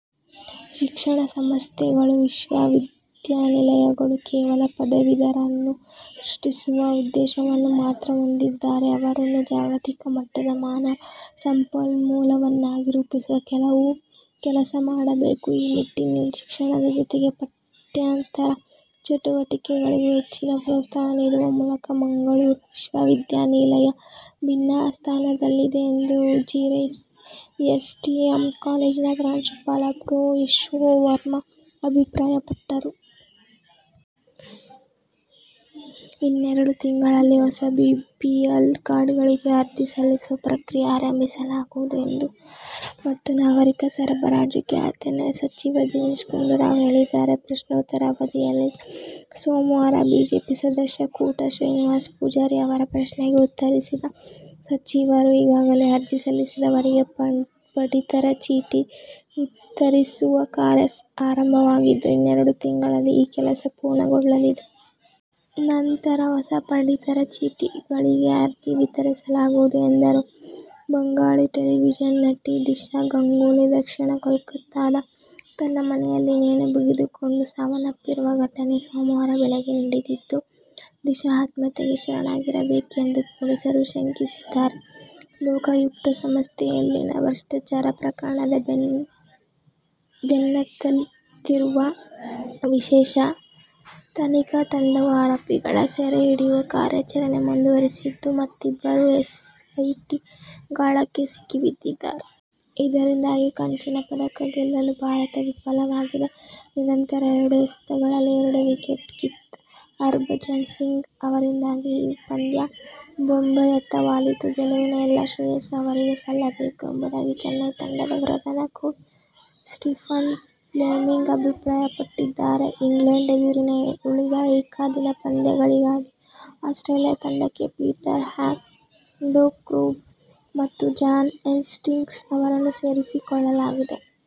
ಶಿಕ್ಷಣ ಸಂಸ್ಥೆಗಳು, ವಿಶ್ವವಿದ್ಯಾನಿಲಯಗಳು ಕೇವಲ ಪದವೀದರರನ್ನು ಸೃಷ್ಟಿಸುವ ಉದ್ದೇಶವನ್ನು ಮಾತ್ರ ಹೊಂದಿರದೆ ಅವರನ್ನು ಜಾಗತಿಕ ಮಟ್ಟದ ಮಾನವ ಸಂಪನ್ಮೂಲವನ್ನಾಗಿ ರೂಪಿಸುವ ಕೆಲಸ ಮಾಡಬೇಕು. ಈ ನಿಟ್ಟಿನಲ್ಲಿ ಶಿಕ್ಷಣದ ಜೊತೆಗೆ ಪಠ್ಯೇತರ ಚಟುವಟಿಕೆಗಳಿಗೂ ಹೆಚ್ಚಿನ ಪ್ರೋತ್ಸಾಹ ನೀಡುವ ಮೂಲಕ ಮಂಗಳೂರು ವಿಶ್ವವಿದ್ಯಾನಿಲಯ ಭಿನ್ನ ಸ್ಥಾನದಲ್ಲಿದೆ ಎಂದು ಉಜಿರೆ ಎಸ್ಡಿಎಂ ಕಾಲೇಜಿನ ಪ್ರಾಂಶುಪಾಲ ಪ್ರೊ ಯಶೋವರ್ಮ ಅಭಿಪ್ರಾಯಪಟ್ಟರು. ಇನ್ನು ಎರಡು ತಿಂಗಳಲ್ಲಿ ಹೊಸ ಬಿಪಿಎಲ್ ಕಾರ್ಡ್ಗಳಿಗೆ ಅರ್ಜಿ ಸಲ್ಲಿಸುವ ಪ್ರಕ್ರಿಯೆ ಆರಂಭಿಸಲಾಗುವುದು ಎಂದು ಆಹಾರ ಮತ್ತು ನಾಗರಿಕ ಸರಬರಾಜು ಖಾತೆ ಸಚಿವ ದಿನೇಶ್ ಗುಂಡೂರಾವ್ ಹೇಳಿದ್ದಾರೆ. ಪ್ರಶ್ನೋತ್ತರ ಅವಧಿಯಲ್ಲಿ ಸೋಮವಾರ ಬಿಜೆಪಿ ಸದಸ್ಯ ಕೋಟ ಶ್ರೀನಿವಾಸ ಪೂಜಾರಿ ಅವರ ಪ್ರಶ್ನೆಗೆ ಉತ್ತರಿಸಿದ ಸಚಿವರು, ಈಗಾಗಲೇ ಅರ್ಜಿ ಸಲ್ಲಿಸಿದವರಿಗೆ ಪಡಿತರ ಚೀಟಿ ವಿತರಿಸುವ ಕಾರ್ಯ ಆರಂಭವಾಗಿದ್ದು, ಇನ್ನೆರಡು ತಿಂಗಳಲ್ಲಿ ಈ ಕೆಲಸ ಪೂರ್ಣಗೊಳ್ಳಲಿದೆ. ನಂತರ ಹೊಸ ಪಡಿತರ ಚೀಟಿಗಳಿಗೆ ಅರ್ಜಿ ವಿತರಿಸಲಾಗುವುದು ಎಂದರು. ಬಂಗಾಳಿ ಟೆಲಿವಿಷನ್ ನಟಿ ದಿಶಾ ಗಂಗೂಲಿ ದಕ್ಷಿಣ ಕೋಲ್ಕತಾದ ತನ್ನ ಮನೆಯಲ್ಲಿ ನೇಣು ಬಿಗಿದುಕೊಂಡು ಸಾವನ್ನಪ್ಪಿರುವ ಘಟನೆ ಸೋಮವಾರ ಬೆಳಗ್ಗೆ ನಡೆದಿದ್ದು, ದಿಶಾ ಆತ್ಮಹತ್ಯೆಗೆ ಶರಣಾಗಿರಬೇಕೆಂದು ಪೊಲೀಸರು ಶಂಕಿಸಿದ್ದಾರೆ. ಲೋಕಾಯುಕ್ತ ಸಂಸ್ಥೆಯಲ್ಲಿನ ಭ್ರಷ್ಟಾಚಾರ ಪ್ರಕರಣದ ಬೆನ್ನತ್ತಿರುವ ವಿಶೇಷ ತನಿಖಾ ತಂಡವು ಆರೋಪಿಗಳ ಸೆರೆ ಹಿಡಿಯುವ ಕಾರ್ಯಾಚರಣೆ ಮುಂದುವರಿಸಿದ್ದು, ಮತ್ತಿಬ್ಬರು ಎಸ್ಐಟಿ ಗಾಳಕ್ಕೆ ಸಿಕ್ಕಿಬಿದ್ದಿದ್ದಾರೆ. ಇದರಿಂದಾಗಿ ಕಂಚಿನ ಪದಕ ಗೆಲ್ಲಲು ಭಾರತ ವಿಫಲವಾಗಿದೆ. ನಿರಂತರ ಎರಡು ಎಸೆತಗಳಲ್ಲಿ ಎರಡು ವಿಕೆಟ್ ಕಿತ್ತ ಹರ್ಭಜನ್ ಸಿಂಗ್ ಅವರಿಂದಾಗಿ ಈ ಪಂದ್ಯ ಮುಂಬೈಯತ್ತ ವಾಲಿತು, ಗೆಲುವಿನ ಎಲ್ಲ ಶ್ರೇಯಸ್ಸು ಅವರಿಗೇ ಸಲ್ಲಬೇಕು ಎಂಬುದಾಗಿ ಚೆನ್ನೈ ತಂಡದ ಪ್ರಧಾನ ಕೋಚ್ ಸ್ಟೀಫನ್ ಫ್ಲೆಮಿಂಗ್ ಅಭಿಪ್ರಾಯಪಟ್ಟಿದ್ದಾರೆ. ಇಂಗ್ಲೆಂಡ್ ಎದುರಿನ ಉಳಿದ ಏಕದಿನ ಪಂದ್ಯಗಳಿಗಾಗಿ ಆಸ್ಟ್ರೇಲಿಯ ತಂಡಕ್ಕೆ ಪೀಟರ್ ಹ್ಯಾಂಡ್ಸ್ಕಾಂಬ್ ಮತ್ತು ಜಾನ್ ಹೇಸ್ಟಿಂಗ್ಸ್ ಅವರನ್ನು ಸೇರಿಸಿಕೊಳ್ಳಲಾಗಿದೆ.